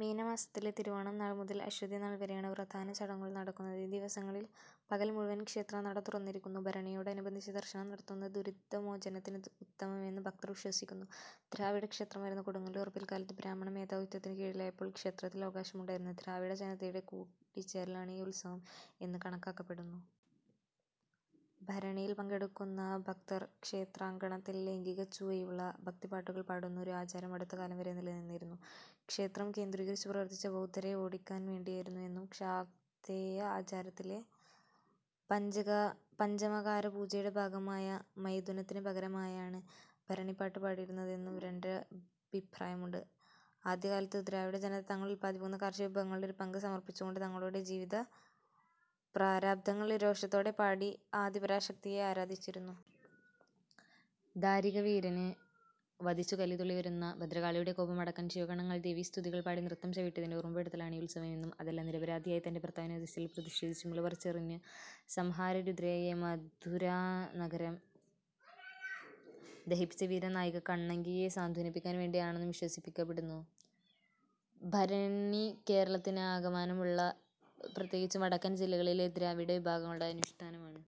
മീനമാസത്തിലെ തിരുവോണം നാൾ മുതൽ അശ്വതി നാൾ വരെയാണ് പ്രധാന ചടങ്ങുകൾ നടക്കുന്നത്. ഈ ദിവസങ്ങളിൽ പകൽ മുഴുവൻ ക്ഷേത്രനട തുറന്നിരിക്കുന്നു. ഭരണിയോടനുബന്ധിച്ചു ദർശനം നടത്തുന്നത് ദുരിതമോചനത്തിന് ഉത്തമമെന്ന് ഭക്തർ വിശ്വസിക്കുന്നു. ദ്രാവിഡ ക്ഷേത്രമായിരുന്ന കൊടുങ്ങല്ലൂർ പിൽക്കാലത്ത് ബ്രാഹ്മണ മേധാവിത്വത്തിന് കീഴിലായപ്പോൾ ക്ഷേത്രത്തിൽ അവകാശമുണ്ടായിരുന്ന ദ്രാവിഡ ജനതയുടെ കൂടിച്ചേരലാണ് ഈ ഉത്സവം എന്ന് കണക്കാക്കപ്പെടുന്നു. ഭരണിയിൽ പങ്കെടുക്കുന്ന ഭക്തർ ക്ഷേത്രാങ്കണത്തിൽ ലൈംഗികച്ചുവയുള്ള ഭക്തിപ്പാട്ടുകൾ പാടുന്ന ഒരു ആചാരം അടുത്തകാലം വരെ നിലനിന്നിരുന്നു. ക്ഷേത്രം കേന്ദ്രീകരിച്ചു പ്രവർത്തിച്ച ബൗദ്ധരെ ഓടിക്കാൻ വേണ്ടിയായിരുന്നുവെന്നും; ശാക്തേയ ആചാരത്തിലെ പഞ്ചമകാരപൂജയുടെ ഭാഗമായ മൈഥുനത്തിന് പകരമായാണ് ഭരണിപാട്ട് പാടിയിരുന്നതെന്നും രണ്ടഭിപ്രായമുണ്ട്. ആദ്യകാലത്തു ദ്രാവിഡജനത തങ്ങൾ ഉത്പാദിപ്പിക്കുന്ന കാർഷിക വിഭവങ്ങളുടെ ഒരു പങ്ക് സമർപ്പിച്ചുകൊണ്ട് തങ്ങളുടെ ജീവിത പ്രാരാബ്ധങ്ങൾ രോഷത്തോടെ പാടി ആദിപരാശക്തിയെ ആരാധിച്ചിരുന്നു. ദാരികവീരനെ വധിച്ചു കലിതുള്ളി വരുന്ന ഭദ്രകാളിയുടെ കോപമടക്കാൻ ശിവഗണങ്ങൾ ദേവീസ്തുതികൾ പാടി നൃത്തം ചവിട്ടിയതിന്റെ ഓർമപ്പെടുത്തലാണ് ഈ ഉത്സവം എന്നും; അതല്ല നിരപരാധിയായ തന്റെ ഭർത്താവിനെ വധിച്ചതിൽ പ്രതിഷേധിച്ചു മുലപറിച്ചെറിഞ്ഞു സംഹാരരുദ്രയായി മധുരാനഗരം ദഹിപ്പിച്ച വീരനായിക കണ്ണകിയെ സാന്ത്വനിപ്പിക്കാൻ വേണ്ടി ആണെന്നും വിശ്വസിക്കപ്പെടുന്നു. ഭരണി കേരളത്തിലാകമാനമുള്ള, പ്രത്യേകിച്ചും വടക്കൻ ജില്ലകളിലെ ദ്രാവിഡ വിഭാഗങ്ങളുടെ അനുഷ്ഠാനമാണ്.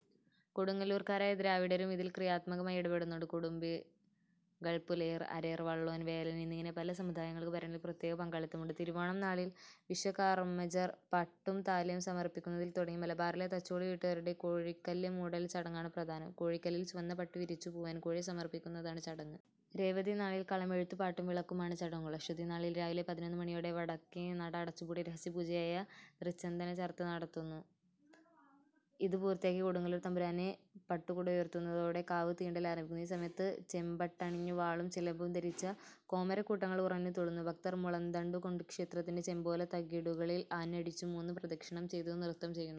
കൊടുങ്ങല്ലൂർക്കാരായ ദ്രാവിഡരും ഇതിൽ ക്രിയാത്മകമായി ഇടപെടുന്നുണ്ട്. കുടുംബികൾ, പുലയർ, അരയർ, വള്ളോൻ, വേലൻ എന്നിങ്ങനെ പല സമുദായങ്ങൾക്ക് ഭരണിയിൽ പ്രത്യേക പങ്കാളിത്തമുണ്ട്. തിരുവോണം നാളിൽ വിശ്വകർമ്മജർ പട്ടും താലിയും സമർപ്പിക്കുന്നതിൽ തുടങ്ങി മലബാറിലെ തച്ചോളി വീട്ടുകാരുടെ "കോഴിക്കല്ല് മൂടൽ" ചടങ്ങാണ് പ്രധാനം. കോഴിക്കല്ലിൽ ചുവന്ന പട്ടു വിരിച്ചു പൂവൻകോഴിയെ സമർപ്പിക്കുന്നതാണ് ചടങ്ങ്. രേവതി നാളിൽ കളമെഴുത്തു പാട്ടും വിളക്കും ആണ് ചടങ്ങുകൾ. അശ്വതി നാളിൽ രാവിലെ പതിനൊന്ന് മണിയോടെ വടക്കേനട അടച്ചുപൂട്ടി രഹസ്യപൂജയായ "തൃച്ചന്ദനചാർത്ത്" നടത്തുന്നു. ഇത് പൂർത്തിയാക്കി കൊടുങ്ങല്ലൂർ തമ്പുരാൻ പട്ടുകുട ഉയർത്തുന്നതോടെ "കാവ് തീണ്ടൽ" ആരംഭിക്കുന്നു. ഈ സമയത്ത് ചെമ്പട്ടണിഞ്ഞു വാളും ചിലമ്പും ധരിച്ച കോമരക്കൂട്ടങ്ങൾ ഉറഞ്ഞു തുള്ളുന്നു; ഭക്തർ മുളന്തണ്ടു കൊണ്ട് ക്ഷേത്രത്തിന്റെ ചെമ്പോല തകിടുകളിൽ ആഞ്ഞടിച്ചു മൂന്ന് പ്രദക്ഷിണം ചെയ്തു നൃത്തം ചെയ്യുന്നു.